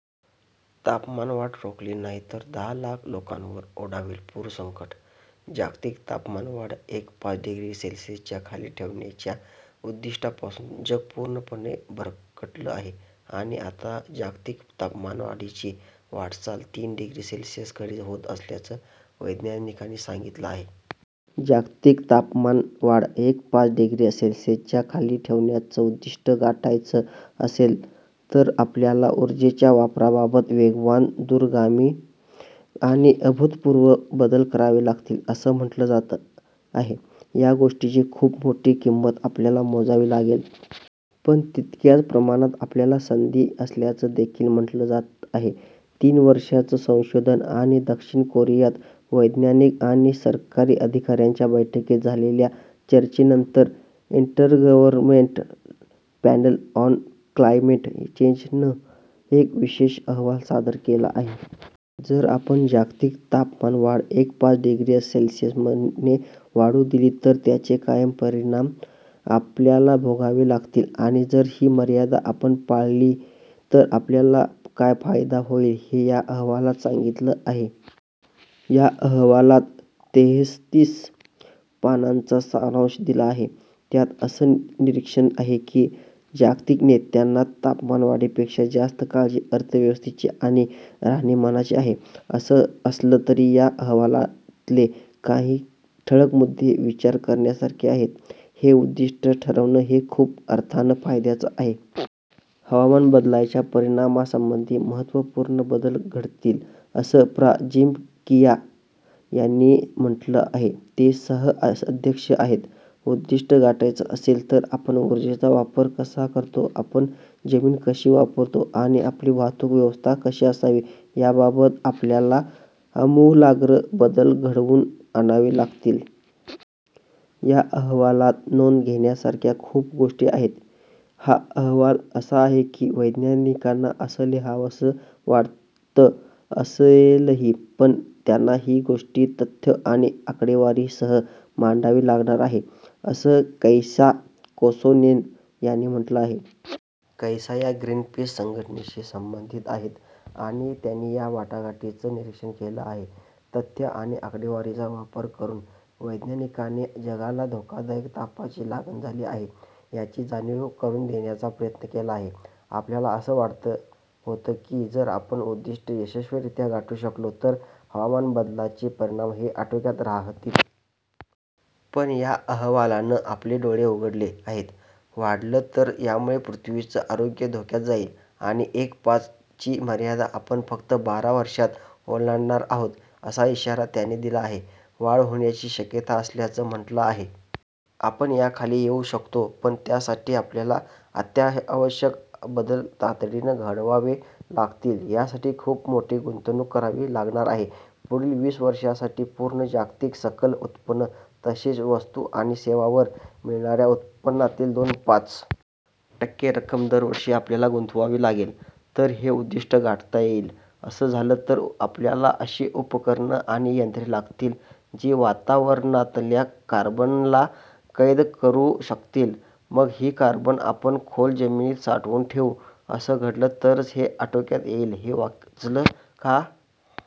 तापमानवाढ रोखली नाही तर दहा लाख लोकांवर ओढावेल पूरसंकट जागतिक तापमानवाढ एक .पाच डिग्री सेल्सियसच्या खाली ठेवण्याच्या उद्दिष्टापासून जग पूर्णपणे भरकटलं आहे. आणि आता जागतिक तापमानवाढीची वाटचाल तीन डिग्री सेल्सियसकडे होत असल्याचं वैज्ञानिकांनी सांगितलं आहे. जागतिक तापमानवाढ एक .पाच डिग्री सेल्सियसच्या खाली ठेवण्याचं उद्दिष्ट गाठायचं असेल तर आपल्याला ऊर्जेच्या वापराबाबत वेगवान, दूरगामी आणि अभूतपूर्व बदल करावे लागतील, असं म्हटलं जात आहे. या गोष्टीची खूप मोठी किंमत आपल्याला मोजावी लागेल. पण तितक्याच प्रमाणात आपल्याला संधी असल्याचं देखील म्हटलं जात आहे. तीन वर्षांचं संशोधन आणि दक्षिण कोरियात वैज्ञानिक आणि सरकारी अधिकाऱ्यांच्या बैठकीत झालेल्या चर्चेनंतर intergovernmental panel on climate change नं एक विशेष अहवाल सादर केला आहे. जर आपण जागतिक तापमानवाढ एक .पाच डिग्री सेल्सियसने वाढू दिली तर त्याचे काय परिणाम आपल्याला भोगावे लागतील आणि जर ही मर्यादा आपण पाळली तर आपल्याला काय फायदा होईल, हे या अहवालात सांगितलं आहे. या अहवालात तेहतीस पानांचा सारांश दिला आहे. त्यात असं निरीक्षण आहे की जागतिक नेत्यांना तापमानवाढीपेक्षा जास्त काळजी अर्थव्यवसथेची आणि राहणीमानाची आहे. असं असलं तरी या अहवालातले काही ठळक मुद्दे विचार करण्यासारखे आहेत. हे उद्दिष्ट ठरवणं, हे खूप अर्थानं फायद्याचं आहे. हवामान बदलाच्या परिणामासंबंधी महत्त्वपूर्ण बदल घडतील असं प्रा. जिम स्किया यांनी म्हटलं आहे. ते सह-अध्यक्ष आहेत. उद्दिष्ट गाठायचं असेल तर आपण ऊर्जेचा वापर कसा करतो. आपण जमीन कशी वापरतो आणि आपली वाहतूक व्यवस्था कशी असावी, याबाबत आपल्याला अमूलाग्र बदल घडवून आणावे लागतील. या अहवालात नोंद घेण्यासारख्या खूप गोष्टी आहेत. हा अहवाल असा आहे की वैज्ञानिकांना असं लिहावंसं वाटत असेलही. पण त्यांना ही गोष्टी तथ्य आणि आकडेवारीसह मांडावी लागणार आहे," असं कैसा कोसोनेन यांनी म्हटलं आहे. कैसा या ग्रीनपीस संघटनेशी संबंधित आहेत आणि त्यांनी या वाटाघाटींचं निरीक्षण केलं आहे. तथ्य आणि आकडेवारीचा वापर करून वैज्ञानिकांनी जगाला धोकादायक तापाची लागण झाली आहे याची जाणीव करून देण्याचा प्रयत्न केला आहे. आपल्याला असं वाटत होतं की जर आपण उद्दिष्ट यशस्वीरीत्या गाठू शकलो तर हवामान बदलाचे परिणाम हे आटोक्यात राहतील. पण या अहवालानं आपले डोळे उघडले आहेत. वाढलं तर यामुळे पृथ्वीचं आरोग्य धोक्यात जाईल आणि एक .पाच ची मर्यादा आपण फक्त बारा वर्षांत ओलांडणार आहोत. असा इशारा त्यांनी दिला आहे. वाढ होण्याची शक्यता असल्याचं म्हटलं आहे. आपण याखाली येऊ शकतो. पण त्यासाठी आपल्याला अत्यावश्यक बदल तातडीनं घडवावे लागतील. यासाठी खूप मोठी गुंतवणूक करावी लागणार आहे. पुढील वीस वर्षांसाठी पूर्ण जागतिक सकल उत्पन्न तसेच वस्तू आणि सेवांवर मिळणाऱ्या उत्पन्नातील दोन .पाच टक्के रक्कम दरवर्षी आपल्याला गुंतवावी लागेल तर हे उद्दिष्ट गाठता येईल. असं झालं तर आपल्याला अशी उपकरणं आणि यंत्रे लागतील जी वातावरणातल्या कार्बनला कैद करू शकतील. मग ही कार्बन आपण खोल जमिनीत साठवून ठेवू. असं घडलं तरच हे आटोक्यात येईल. हे वाचलं का?